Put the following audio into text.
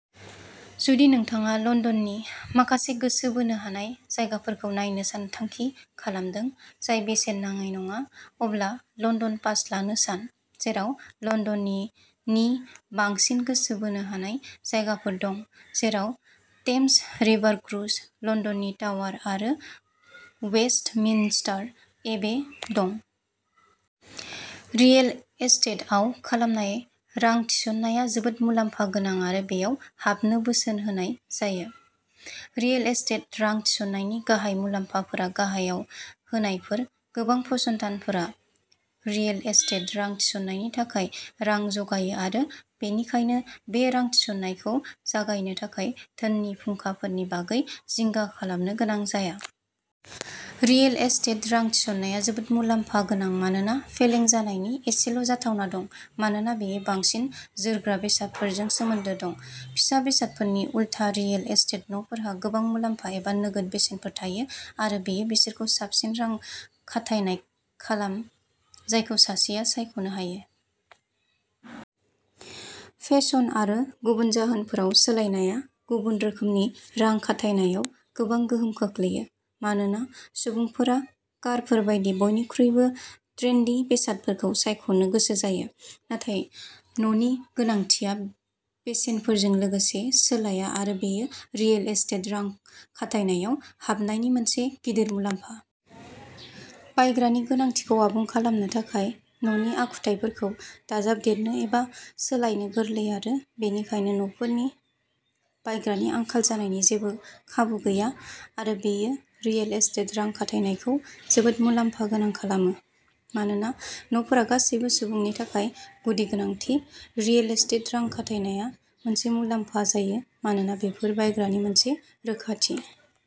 जुदि नोंथाङा लन्दननि माखासे गोसो बोनो हानाय जायगाफोरखौ नायनो सानथांखि खालामदों, जाय बेसेन नाङै नङा, अब्ला लन्दन पास लानो सान, जेराव लन्दननि नि बांसिन गोसो बोनो हानाय जायगाफोर दं, जेराव थेम्स रिभार क्रुज, लन्दननि टावार आरो वेस्टमिन्स्टार एबे दं। रियेल एस्टेटआव खालामनाय रां थिसननाया जोबोद मुलाम्फा गोनां आरो बेयाव हाबनो बोसोन होनाय जायो। रियेल एस्टेट रां थिसननायनि गाहाय मुलाम्फाफोरा गाहायाव होनायफोर। गोबां फसंथानफोरा रियेल एस्टेट रां थिसननायनि थाखाय रां जगायो आरो बेनिखायनो बे रां थिसननायखौ जागायनो थाखाय धोननि फुंखाफोरनि बागै जिंगा खालामनो गोनां जाया। रियेल एस्टेट रां थिसननाया जोबोद मुलाम्फा गोनां मानोना फेलें जानायनि एसेल'जाथावना दं मानोना बेयो बांसिन जोरग्रा बेसादफोरजों सोमोन्दो दं। फिसा बेसादफोरनि उलथा रियेल एस्टेट न'फोरहा गोबां मुलाम्फा एबा नोगोद बेसेनफोर थायो आरो बेयो बिसोरखौ साबसिन रां खाथायनाय खालाम, जायखौ सासेआ सायख'नो हायो। फेशन आरो गुबुन जाहोनफोराव सोलायनायआ गुबुन रोखोमनि रां खाथायनायाव गोबां गोहोम खोख्लैयो, मानोना सुबुंफोरा कारफोर बायदि बयनिख्रुइबो ट्रेन्डी बेसादफोरखौ सायख'नो गोसो जायो, नाथाय न'नि गोनांथिया फेसनफोरजों लोगोसे सोलाया आरो बेयो रियेल एस्टेट रां खाथायनायाव हाबनायनि मोनसे गिदिर मुलाम्फा। बायग्रानि गोनांथिखौ आबुं खालामनो थाखाय न'नि आखुथायफोरखौ दाजाबदेरनो एबा सोलायनो गोरलै आरो बेनिखायनो न'फोरनि बायग्रानि आंखाल जानायनि जेबो खाबु गैया आरो बेयो रियेल एस्टेट रां खाथायनायखौ जोबोद मुलाम्फा गोनां खालामो। मानोना न'फोरा गासैबो सुबुंनि थाखाय गुदि गोनांथि, रियेल एस्टेट रां खाथायनाया मोनसे मुलाम्फा जायो मानोना बेफोर बायग्रानि मोनसे रोखाथि।